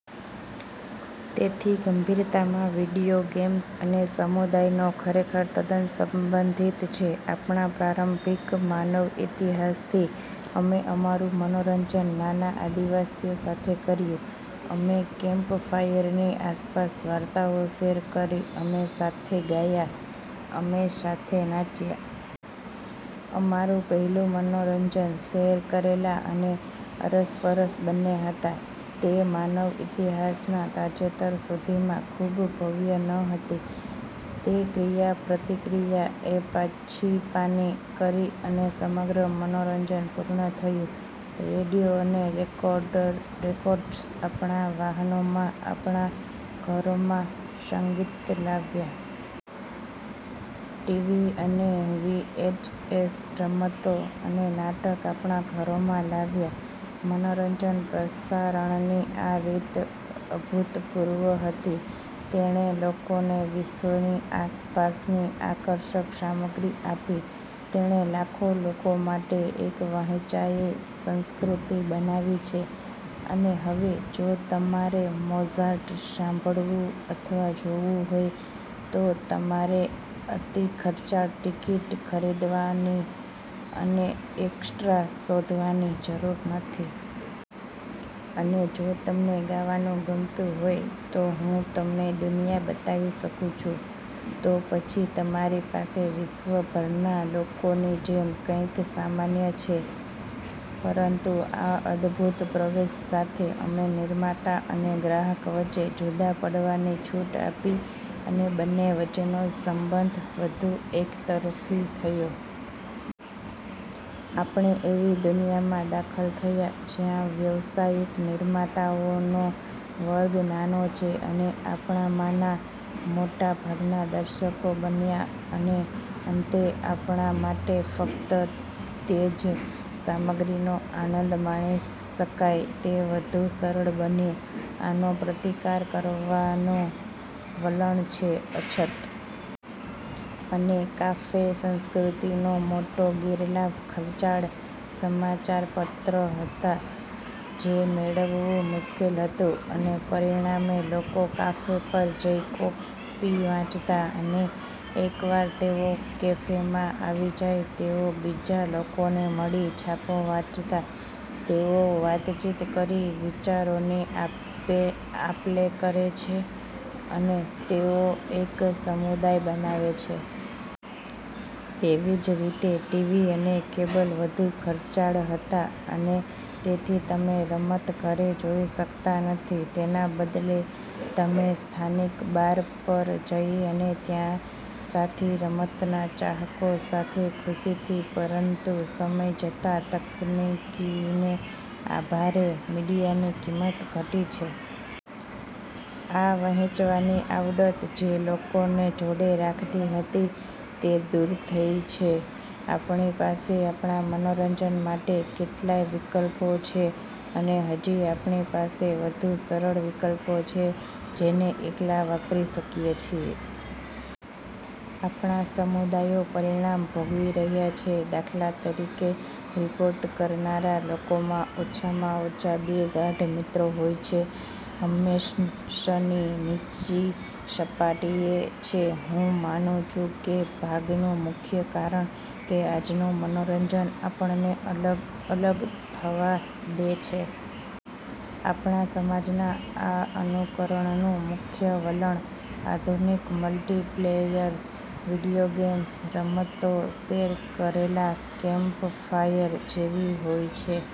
તેથી ગંભીરતામાં video games અને સમુદાયો ખરેખર તદ્દન સંબંધિત છે. આપણા પ્રારંભિક માનવ ઇતિહાસથી અમે અમારું મનોરંજન નાના આદિવાસીઓ સાથે કર્યું. અમે કેમ્પફાયરની આસપાસ વાર્તાઓ શેર કરી, અમે સાથે ગાયાં, અમે સાથે નાચ્યાં. અમારું પહેલું મનોરંજન શેર કરેલા અને અરસપરસ બંને હતા. તે માનવ ઇતિહાસના તાજેતર સુધીમાં ખૂબ ભવ્ય ન હતી. તે ક્રિયાપ્રતિક્રિયા એ પાછીપાની કરી અને સમગ્ર મનોરંજન પૂર્ણ થયું. રેડિયો અને રેકોર્ડ્સ આપણા વાહનોમાં, આપણા ઘરોમાં સંગીત લાવ્યા. ટીવી અને વીએચએસ રમતો અને નાટક આપણા ઘરોમાં લાવ્યા. મનોરંજન પ્રસારણની આ રીત અભૂતપૂર્વ હતી. તેણે લોકોને વિશ્વની આસપાસની આકર્ષક સામગ્રી આપી. તેણે લાખો લોકો માટે એક વહેંચાયેલ સંસ્કૃતિ બનાવી છે. અને હવે, જો તમારે મોઝાર્ટ સાંભળવું અથવા જોવું હોય તો તમારે અતિખર્ચાળ ટિકિટ ખરીદવાની અને ઓર્કેસ્ટ્રા શોધવાની જરૂર નથી. અને જો તમને ગાવાનું ગમતું હોય તો હું તમને દુનિયા બતાવી શકું છું તો પછી તમારી પાસે વિશ્વભરના લોકોની જેમ કંઈક સામાન્ય છે. પરંતુ આ અદ્ભુત પ્રવેશ સાથે અમે નિર્માતા અને ગ્રાહક વચ્ચે જુદા પડવાની છૂટ આપી, અને બંને વચ્ચેનો સંબંધ વધુ એક તરફી થયો. આપણે એવી દુનિયામાં દાખલ થયાં જ્યાં વ્યાવસાયિક નિર્માતાઓનો વર્ગ નાનો છે. અને આપણામાંના મોટા ભાગના દર્શકો બન્યા અને અંતે આપણા માટે ફક્ત તે જ સામગ્રીનો આનંદ માણી શકાય તે વધુ સરળ બન્યું. આનો પ્રતિકાર કરવાનો વલણ છે: અછત. અને કાફે સંસ્કૃતિનો મોટો ગેરલાભ ખર્ચાળ સમાચારપત્ર હતા જે મેળવવું મુશ્કેલ હતું, અને પરિણામે, લોકો કાફે પર જઈ કોપી વાંચતા અને એકવાર તેઓ કેફેમાં આવી જાય, તેઓ બીજા લોકોને મળી છાપું વાંચતા. તેઓ વાતચીત કરી વિચારોની આપલે કરે છે અને તેઓ એક સમુદાય બનાવે છે. તેવી જ રીતે ટીવી અને કેબલ વધુ ખર્ચાળ હતા અને તેથી તમે રમત ઘરે જોઈ શકતા નથી. તેના બદલે તમે સ્થાનિક બાર પર જઈ અને ત્યાં સાથી રમતના ચાહકો સાથે ખુશીથી પરંતું સમય જતા તકનીકીને આભારે મીડિયાની કિંમત ઘટી છે. આ વહેંચવાની આવડત જે લોકોને જોડે રાખતી હતી તે દૂર થઈ છે. આપણી પાસે આપણા મનોરંજન માટે કેટલાય વિકલ્પો છે અને હજી આપણી પાસે વધુ સરળ વિકલ્પો છે જેને એકલા વાપરી શકીએ છે. આપણા સમુદાયો પરિણામ ભોગવી રહ્યા છે. દાખલા તરીકે, રિપોર્ટ કરનારા લોકોમા ઓછામાં ઓછા બે ગાઢ મિત્રો હોય છે. હંમેશની નીચી સપાટીએ છે. હું માનું છું કે ભાગનું મુખ્ય કારણ કે આજનુ મનોરંજન આપણને અલગ થવા દે છે. આપણા સમાજના આ અનુકરણનું મુખ્ય વલણ: આધુનિક મલ્ટિપ્લેયર વિડિઓ ગેમ્સ. રમતો શેર કરેલા કેમ્પફાયર જેવી હોય છે.